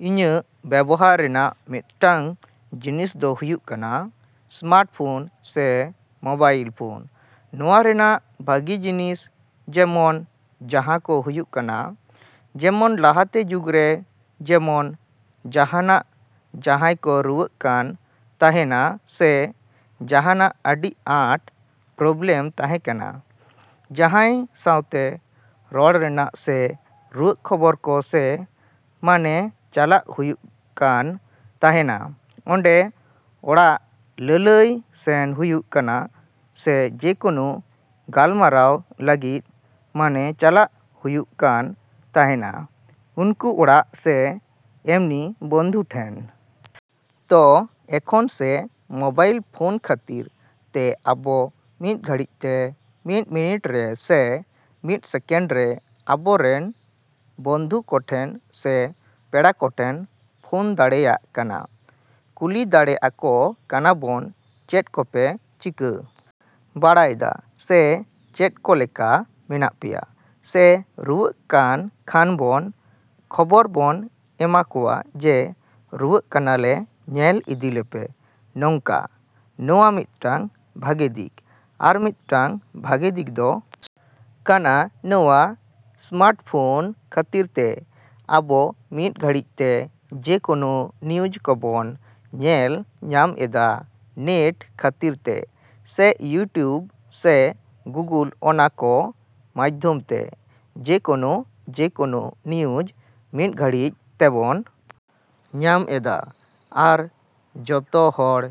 ‎ᱤᱧᱟᱹᱜ ᱵᱮᱵᱚᱦᱟᱨ ᱨᱮᱱᱟᱜ ᱢᱤᱫᱴᱟᱝ ᱡᱤᱱᱤᱥ ᱫᱚ ᱦᱩᱭᱩᱜ ᱠᱟᱱᱟ ᱥᱢᱟᱨᱴᱯᱷᱳᱱ ᱥᱮ ᱢᱳᱵᱟᱭᱤᱞ ᱯᱷᱳᱱ᱾ ᱱᱚᱣᱟ ᱨᱮᱱᱟᱜ ᱵᱷᱟᱹᱜᱤ ᱡᱤᱱᱤᱥ ᱡᱮᱢᱚᱱ ᱡᱟᱦᱟᱸ ᱠᱚ ᱦᱩᱭᱩᱜ ᱠᱟᱱᱟ, ᱡᱮᱢᱚᱱ ᱞᱟᱦᱟᱛᱮ ᱡᱩᱜᱽᱨᱮ ᱡᱮᱢᱚᱱ ᱡᱟᱦᱟᱸᱱᱟᱜ ᱡᱟᱦᱟᱸᱭ ᱠᱚ ᱨᱩᱣᱟᱹᱜ ᱠᱟᱱ ᱛᱟᱦᱮᱸᱱᱟ ᱥᱮ ᱡᱟᱦᱟᱸᱱᱟᱜ ᱟᱹᱰᱤ ᱟᱸᱴ ᱯᱨᱚᱵᱮᱞᱮᱢ ᱛᱟᱸᱦᱮ ᱠᱟᱱᱟ, ᱡᱟᱸᱦᱟᱭ ᱥᱟᱣᱛᱮ ᱨᱚᱲ ᱨᱮᱱᱟᱜ ᱥᱮ ᱨᱩᱣᱟᱹᱜ ᱠᱷᱚᱵᱚᱨ ᱠᱚ ᱥᱮ ᱢᱟᱱᱮ ᱪᱟᱞᱟᱜ ᱦᱩᱭᱩᱜ ᱠᱟᱱ ᱛᱟᱸᱦᱮᱱᱟ ᱚᱸᱰᱮ ᱚᱲᱟᱜ ᱞᱟᱹᱞᱟᱹᱭ ᱥᱮᱱ ᱦᱩᱭᱩᱜ ᱠᱟᱱᱟ ᱥᱮ ᱡᱮᱠᱳᱱᱳ ᱜᱟᱞᱢᱟᱨᱟᱣ ᱞᱟᱹᱜᱤᱫ ᱢᱟᱱᱮ ᱪᱟᱞᱟᱣ ᱦᱩᱭᱩᱜ ᱠᱟᱱ ᱛᱟᱦᱮᱸᱱᱟ ᱩᱱᱠᱩ ᱚᱲᱟᱜ ᱥᱮ ᱮᱢᱱᱤ ᱵᱚᱱᱫᱷᱩ ᱴᱷᱮᱡ᱾ ᱛᱳ ᱮᱠᱷᱚᱱ ᱥᱮ ᱢᱳᱵᱟᱭᱤᱞ ᱯᱷᱳᱱ ᱠᱷᱟᱹᱛᱤᱨ ᱛᱮ ᱟᱵᱚ ᱢᱤᱫ ᱜᱷᱟᱹᱲᱤᱡᱛᱮ ᱢᱤᱫ ᱢᱤᱱᱤᱴ ᱨᱮ ᱥᱮ ᱢᱤᱫ ᱥᱮᱠᱮᱱᱰ ᱨᱮ ᱟᱵᱚ ᱨᱮᱱ ᱵᱚᱱᱫᱷᱩ ᱠᱚᱴᱷᱮᱱ ᱥᱮ ᱯᱮᱲᱟ ᱠᱚᱴᱷᱮᱱ ᱯᱷᱳᱱ ᱫᱟᱲᱮᱭᱟᱜ ᱠᱟᱱᱟ, ᱠᱩᱞᱤ ᱫᱟᱲᱮ ᱟᱠᱚ ᱠᱟᱱᱟ ᱵᱚᱱ ᱪᱮᱫ ᱠᱚᱯᱮ ᱪᱤᱠᱟ. ᱵᱟᱲᱟᱭ ᱫᱟ ᱥᱮ ᱪᱮᱫ ᱠᱚ ᱞᱮᱠᱟ ᱢᱮᱱᱟᱜ ᱯᱮᱭᱟ ᱥᱮ ᱨᱩᱣᱟᱹᱜ ᱠᱟᱱ ᱠᱷᱟᱱ ᱵᱚᱱ ᱠᱷᱚᱵᱚᱨ ᱵᱚᱱ ᱮᱢᱟ ᱠᱚᱣᱟ ᱡᱮ ᱨᱩᱣᱟᱹᱜ ᱠᱟᱱᱟᱞᱮ ᱧᱮᱞ ᱤᱫᱤ ᱞᱮᱯᱮ ᱱᱚᱝᱠᱟ᱾ ᱱᱚᱣᱟ ᱢᱤᱫᱴᱟᱹᱝ ᱵᱷᱟᱹᱜᱤ ᱫᱤᱠ᱾ ᱟᱨ ᱢᱤᱫᱴᱟᱹᱝ ᱵᱷᱟᱹᱜᱤ ᱫᱤᱠ ᱫᱚ ᱠᱟᱱᱟ ᱱᱚᱣᱟ ᱥᱢᱟᱨᱴ ᱯᱷᱳᱱ ᱠᱷᱟᱹᱛᱤᱨ ᱛᱮ ᱟᱵᱚ ᱢᱤᱫᱽ ᱜᱷᱟᱹᱲᱤᱛᱮ ᱡᱮ ᱠᱳᱱᱳ ᱱᱤᱭᱩᱥ ᱠᱚᱵᱚᱱ ᱧᱮᱞ ᱧᱟᱢ ᱮᱫᱟ ᱱᱮᱴ ᱠᱷᱟᱹᱛᱤᱨ ᱛᱮ ᱥᱮ ᱤᱭᱩᱴᱩᱵ ᱥᱮ ᱜᱩᱜᱳᱞ ᱚᱱᱟ ᱠᱚ ᱢᱟᱫᱽᱫᱷᱚᱢ ᱛᱮ ᱡᱮᱠᱳᱱᱳ ᱡᱮᱠᱳᱱᱳ ᱱᱤᱭᱩᱡ ᱢᱤᱫ ᱜᱷᱟᱹᱲᱤᱡ ᱛᱮᱵᱚᱱ ᱧᱟᱢ ᱮᱫᱟ ᱟᱨ ᱡᱚᱛᱚ ᱦᱚᱲ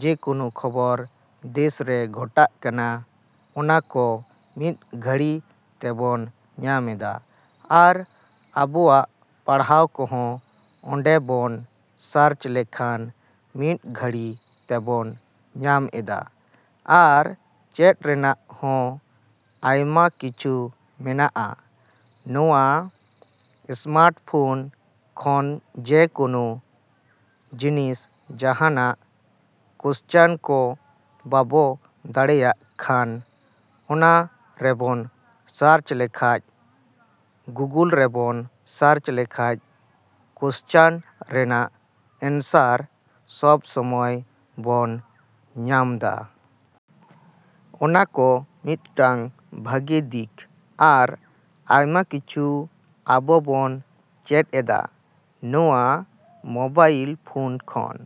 ᱡᱮᱠᱳᱱᱳ ᱠᱷᱚᱵᱚᱨ ᱫᱮᱥᱨᱮ ᱜᱷᱚᱴᱟᱜ ᱠᱟᱱᱟ ᱚᱱᱟ ᱠᱚ ᱢᱤᱫ ᱜᱷᱟᱹᱲᱤ ᱛᱮᱵᱚᱱ ᱧᱟᱢᱮᱫᱟ ᱟᱨ ᱟᱵᱚᱣᱟᱜ ᱯᱟᱲᱦᱟᱣ ᱠᱚᱦᱚᱸ ᱚᱸᱰᱮ ᱵᱚᱱ ᱥᱟᱨᱪ ᱞᱮᱠᱷᱟᱱ ᱢᱤᱫ ᱜᱷᱟᱹᱲᱤ ᱛᱮᱵᱚᱱ ᱧᱟᱢ ᱮᱫᱟ ᱟᱨ ᱪᱮᱫ ᱨᱮᱱᱟᱜ ᱦᱚᱸ ᱟᱭᱢᱟ ᱠᱤᱪᱷᱩ ᱢᱮᱱᱟᱜᱼᱟ ᱱᱚᱣᱟ ᱮᱥᱢᱟᱨᱴ ᱯᱷᱳᱱ ᱠᱷᱚᱱ ᱡᱮ ᱠᱳᱱᱳ ᱡᱤᱱᱤᱥ ᱡᱟᱦᱟᱸᱱᱟᱜ ᱠᱚᱥᱪᱮᱱ ᱠᱚ ᱵᱟᱵᱚ ᱫᱟᱲᱮᱭᱟᱜ ᱠᱷᱟᱱ ᱚᱱᱟ ᱨᱮᱵᱚᱱ ᱥᱟᱨᱪ ᱞᱮᱠᱷᱟᱡ ᱜᱩᱜᱳᱞ ᱨᱮᱵᱚᱱ ᱥᱟᱨᱪ ᱞᱮᱠᱷᱟᱡ ᱠᱚᱥᱪᱮᱱ ᱨᱮᱱᱟᱜ ᱮᱱᱥᱟᱨ ᱥᱚᱵ ᱥᱚᱢᱚᱭ ᱵᱚᱱ ᱧᱟᱢᱫᱟ᱾ ᱚᱱᱟ ᱠᱚ ᱢᱤᱫᱴᱟᱝ ᱵᱷᱟᱹᱜᱤ ᱫᱤᱠ ᱟᱨ ᱟᱭᱢᱟ ᱠᱤᱪᱷᱩ ᱟᱵᱚ ᱵᱚᱱ ᱪᱮᱫ ᱮᱫᱟ ᱱᱚᱣᱟ ᱢᱳᱵᱟᱭᱤᱞ ᱯᱷᱳᱱ ᱠᱷᱚᱱ᱾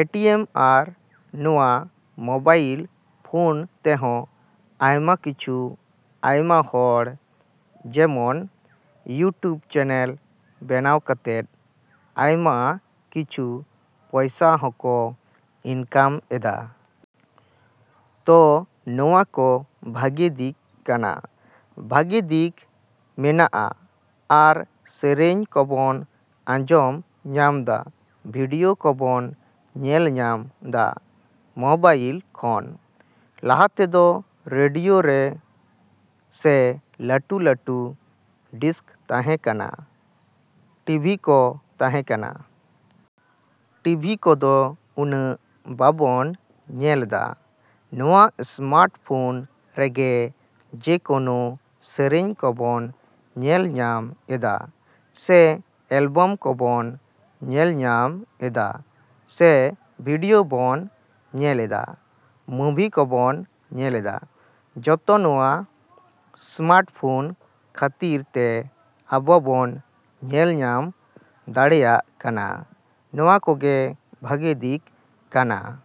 ᱮᱴᱤᱭᱮᱢ ᱟᱨ ᱱᱚᱣᱟ ᱢᱳᱵᱟᱭᱤᱞ ᱯᱷᱳᱱ ᱛᱮᱦᱚᱸ ᱟᱭᱢᱟ ᱠᱤᱪᱷᱩ ᱟᱭᱢᱟ ᱦᱚᱲ ᱡᱮᱢᱚᱱ ᱤᱭᱩᱴᱩᱵᱽ ᱪᱮᱱᱮᱞ ᱵᱮᱱᱟᱣ ᱠᱟᱛᱮᱫ ᱟᱭᱢᱟ ᱠᱤᱪᱷᱩ ᱯᱚᱭᱥᱟ ᱦᱚᱸᱠᱚ ᱤᱱᱠᱟᱢ ᱮᱫᱟ᱾ ᱛᱳ ᱱᱚᱣᱟ ᱠᱚ ᱵᱷᱟᱹᱜᱤ ᱫᱤᱠ ᱠᱟᱱᱟ, ᱵᱷᱟᱹᱜᱤ ᱫᱤᱠ ᱢᱮᱱᱟᱜᱼᱟ᱾ ᱟᱨ ᱥᱮᱨᱮᱧ ᱠᱚᱵᱚᱱ ᱟᱸᱡᱚᱢ ᱧᱟᱢᱫᱟ, ᱵᱷᱤᱰᱭᱳ ᱠᱚᱵᱚᱱ ᱧᱮᱞ ᱧᱟᱢ ᱫᱟ ᱢᱳᱵᱟᱭᱤᱞ ᱠᱷᱚᱱ᱾ ᱞᱟᱦᱟ ᱛᱮᱫᱚ ᱨᱮᱰᱤᱭᱳ ᱨᱮ ᱥᱮ ᱞᱟᱹᱴᱩ ᱞᱟᱹᱴᱩ ᱰᱤᱥᱠ ᱛᱟᱸᱦᱮ ᱠᱟᱱᱟ, ᱴᱤᱵᱷᱤ ᱠᱚ ᱛᱟᱸᱦᱮ ᱠᱟᱱᱟ᱾ ᱴᱤᱵᱷᱤ ᱠᱚᱫᱚ ᱩᱱᱟᱹᱜ ᱵᱟᱵᱚᱱ ᱧᱮᱞᱫᱟ᱾ ᱱᱚᱣᱟ ᱥᱢᱟᱨᱴ ᱯᱷᱳᱱ ᱨᱮᱜᱮ ᱡᱮᱠᱳᱱᱳ ᱥᱮᱨᱮᱧ ᱠᱚᱵᱚᱱ ᱧᱮᱞ ᱧᱟᱢ ᱮᱫᱟ ᱥᱮ ᱮᱞᱵᱟᱢ ᱠᱚᱵᱚᱱ ᱧᱮᱞ ᱧᱟᱢ ᱮᱫᱟ ᱥᱮ ᱵᱷᱤᱰᱭᱳ ᱵᱚᱱ ᱧᱮᱞᱮᱫᱟ, ᱢᱳᱵᱷᱤ ᱠᱚᱵᱚᱱ ᱧᱮᱞᱮᱫᱟ᱾ ᱡᱚᱛᱚ ᱱᱚᱣᱟ ᱥᱢᱟᱨᱴ ᱯᱷᱳᱱ ᱠᱷᱟᱹᱛᱤᱨ ᱛᱮ ᱟᱵᱚ ᱵᱚᱱ ᱧᱮᱞ ᱧᱟᱢ ᱫᱟᱲᱮᱭᱟᱜ ᱠᱟᱱᱟ᱾ ᱱᱚᱣᱟ ᱠᱚᱜᱮ ᱵᱷᱟᱹᱜᱤ ᱫᱤᱠ ᱠᱟᱱᱟ᱾।